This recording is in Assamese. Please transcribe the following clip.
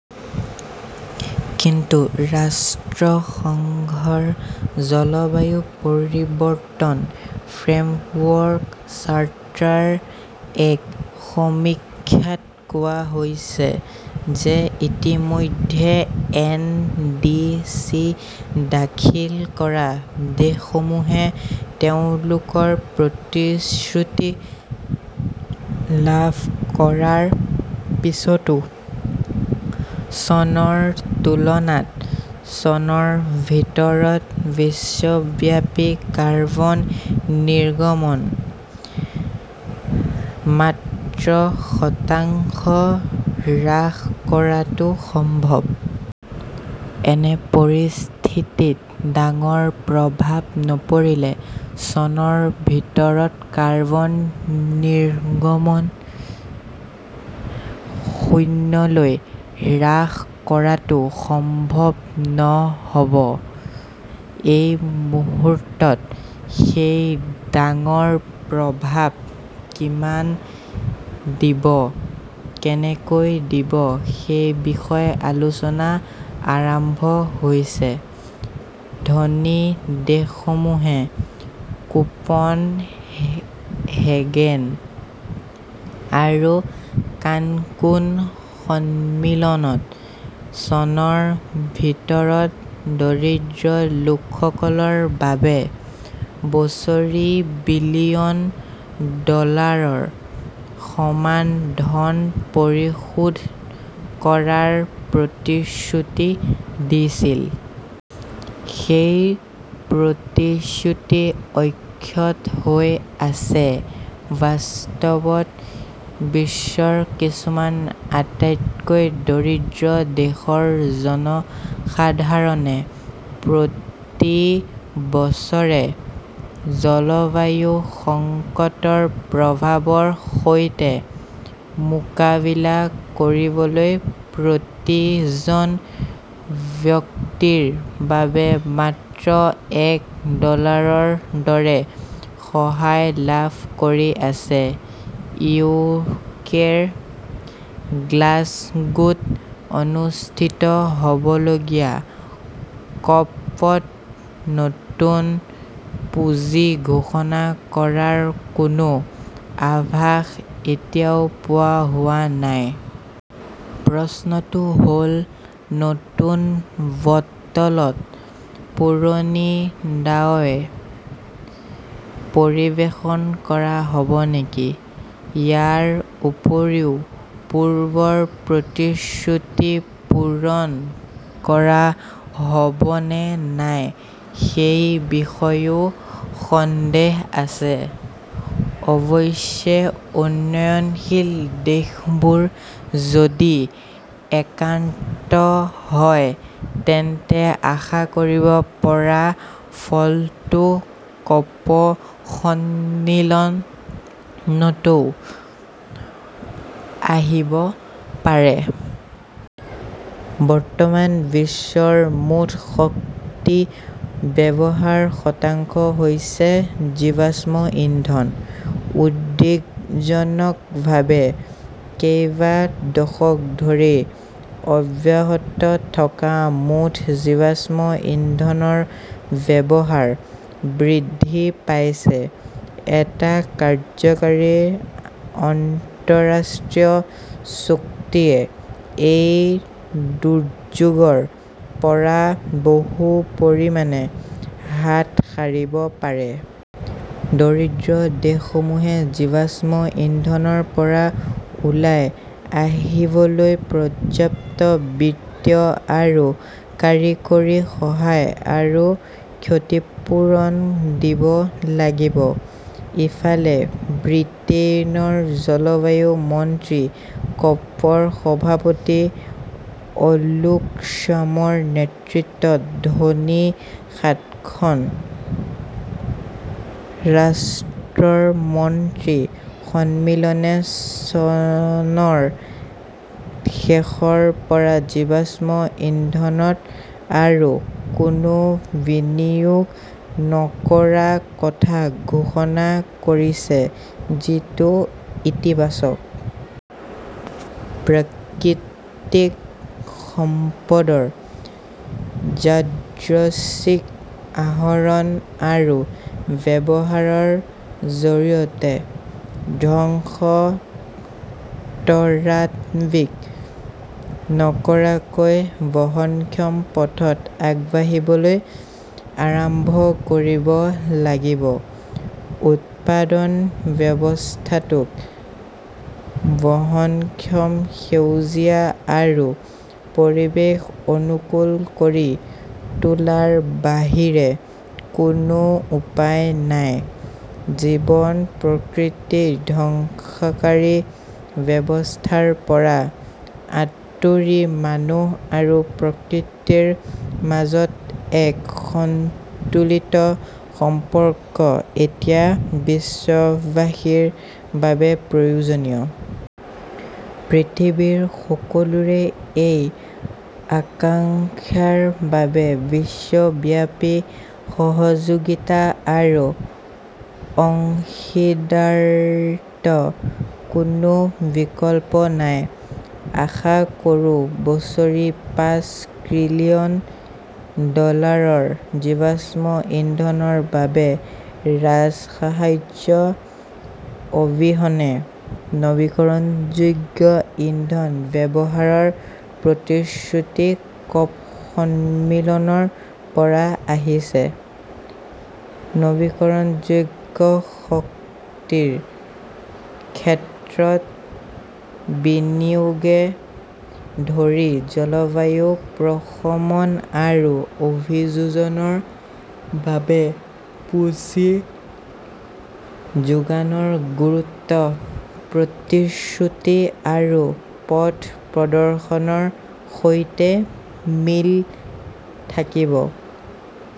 কিন্তু ৰাষ্ট্ৰসংঘৰ জলবায়ু পৰিৱৰ্তন ফ্ৰেমৱৰ্ক চাৰ্টাৰ ৰ এক সমীক্ষাত কোৱা হৈছে যে ইতিমধ্যে এন. ডি. চি. দাখিল কৰা দেশসমূহে তেওঁলোকৰ প্ৰতিশ্ৰুতি লাভ কৰাৰ পিছতো চনৰ তুলনাত চনৰ ভিতৰত বিশ্বব্যাপী কাৰ্বন নিৰ্গমন মাত্ৰ শতাংশ হ্ৰাস কৰাটো সম্ভৱ। এনে পৰিস্থিতিত ডাঙৰ প্ৰভাৱ নপৰিলে চনৰ ভিতৰত কাৰ্বন নিৰ্গমন শূন্যলৈ হ্ৰাস কৰাটো সম্ভৱ নহ "ব। এই মুহূৰ্তত সেই ডাঙৰ প্ৰভাৱ কিমান দিব, কেনেকৈ দিব সেই বিষয়ে আলোচনা আৰম্ভ হৈছে। ধনী দেশসমূহে কোপেন হেগেন আৰু কানকুন সন্মিলনত চনৰ ভিতৰত দৰিদ্ৰ লোকসকলৰ বাবে বছৰি বিলিয়ন ডলাৰৰ সমান ধন পৰিশোধ কৰাৰ প্ৰতিশ্ৰুতি দিছিল। সেই প্ৰতিশ্ৰুতি অক্ষত হৈ আছে। বাস্তৱত, বিশ্বৰ কিছুমান আটাইতকৈ দৰিদ্ৰ দেশৰ জনসাধাৰণে প্ৰতি বছৰে জলবায়ু সংকটৰ প্ৰভাৱৰ সৈতে মোকাবিলা কৰিবলৈ প্ৰতিজন ব্যক্তিৰ বাবে মাত্ৰ এক ডলাৰৰ দৰে সহায় লাভ কৰি আছে! ইউকেৰ গ্লাছগোত অনুষ্ঠিত হ "বলগীয়া ক" প- ত নতুন পুঁজি ঘোষণা কৰাৰ কোনো আভাস এতিয়াও পোৱা হোৱা নাই। প্ৰশ্নটো হ 'ল, নতুন বটলত পুৰণি দাৱাই পৰিৱেশন কৰা হ' ব নেকি? ইয়াৰ উপৰিও পূৰ্বৰ প্ৰতিশ্ৰুতি পূৰণ কৰা হ "ব নে নাই সেই বিষয়েও সন্দেহ আছে। অৱশ্যে, উন্নয়নশীল দেশবোৰ যদি একট্টা হয় তেন্তে আশা কৰিব পৰা ফলটো ক 'প- সন্মিলনতও আহিব পাৰে। বৰ্তমান বিশ্বৰ মুঠ শক্তি ব্যৱহাৰৰ শতাংশ হৈছে জীৱাশ্ম ইন্ধন। উদ্বেগজনকভাৱে, কেইবা দশক ধৰি অব্যাহত থকা মুঠ জীৱাশ্ম ইন্ধনৰ ব্যৱহাৰ বৃদ্ধি পাইছে। এটা কাৰ্যকৰী আন্তঃৰাষ্ট্ৰীয় চুক্তিয়ে এই দুৰ্যোগৰ পৰা বহু পৰিমাণে হাত সাৰিব পাৰে। দৰিদ্ৰ দেশসমূহে জীৱাশ্ম ইন্ধনৰ পৰা ওলাই আহিবলৈ পৰ্যাপ্ত বিত্তীয় আৰু কাৰিকৰী সহায় আৰু ক্ষতিপূৰণ দিব লাগিব। ইফালে, ব্ৰিটেইনৰ জলবায়ু মন্ত্ৰী কপ- ৰ সভাপতি অলোক শৰ্মাৰ নেতৃত্বত ধনী সাতখন ৰাষ্ট্ৰৰ মন্ত্ৰী সন্মিলনে চনৰ শেষৰ পৰা জীৱাশ্ম ইন্ধনত আৰু কোনো বিনিয়োগ নকৰাৰ কথা ঘোষণা কৰিছে, যিটো ইতিবাচক। প্ৰাকৃতিক সম্পদৰ যাদৃচ্ছিক আহৰণ আৰু ব্যৱহাৰৰ জৰিয়তে ধ্বংস ত্বৰান্বিত নকৰাকৈ বহনক্ষম পথত আগবাঢ়িবলৈ আৰম্ভ কৰিব লাগিব। উৎপাদন ব্যৱস্থাটোক বহনক্ষম, সেউজীয়া আৰু পৰিৱেশ অনুকূল কৰি তোলাৰ বাহিৰে কোনো উপায় নাই। জীৱন-প্ৰকৃতি ধ্বংসকাৰী ব্যৱস্থাৰ পৰা আঁতৰি মানুহ আৰু প্ৰকৃতিৰ মাজত এক সন্তুলিত সম্পৰ্ক এতিয়া বিশ্ববাসীৰ বাবে প্ৰয়োজনীয়। পৃথিৱীৰ সকলোৰে এই আকাংক্ষাৰ বাবে বিশ্বব্যাপী সহযোগিতা আৰু অংশীদাৰিত্বৰ কোনো বিকল্প নাই। আশা কৰোঁ-বছৰি পাঁচ ত্ৰিলিয়ন ডলাৰৰ জীৱাশ্ম ইন্ধনৰ বাবে ৰাজসাহায্য অবিহনে নৱীকৰণযোগ্য ইন্ধন ব্যৱহাৰৰ প্ৰতিশ্ৰুতি কপ- সন্মিলনৰ পৰা আহিব। নৱীকৰণযোগ্য শক্তিৰ ক্ষেত্ৰত বিনিয়োগকে ধৰি জলবায়ু প্ৰশমন আৰু অভিযোজনৰ বাবে পুঁজি যোগানৰ গুৰুত্ব প্ৰতিশ্ৰুতি আৰু পথ প্ৰদৰ্শনৰ সৈতে মিল থাকিব।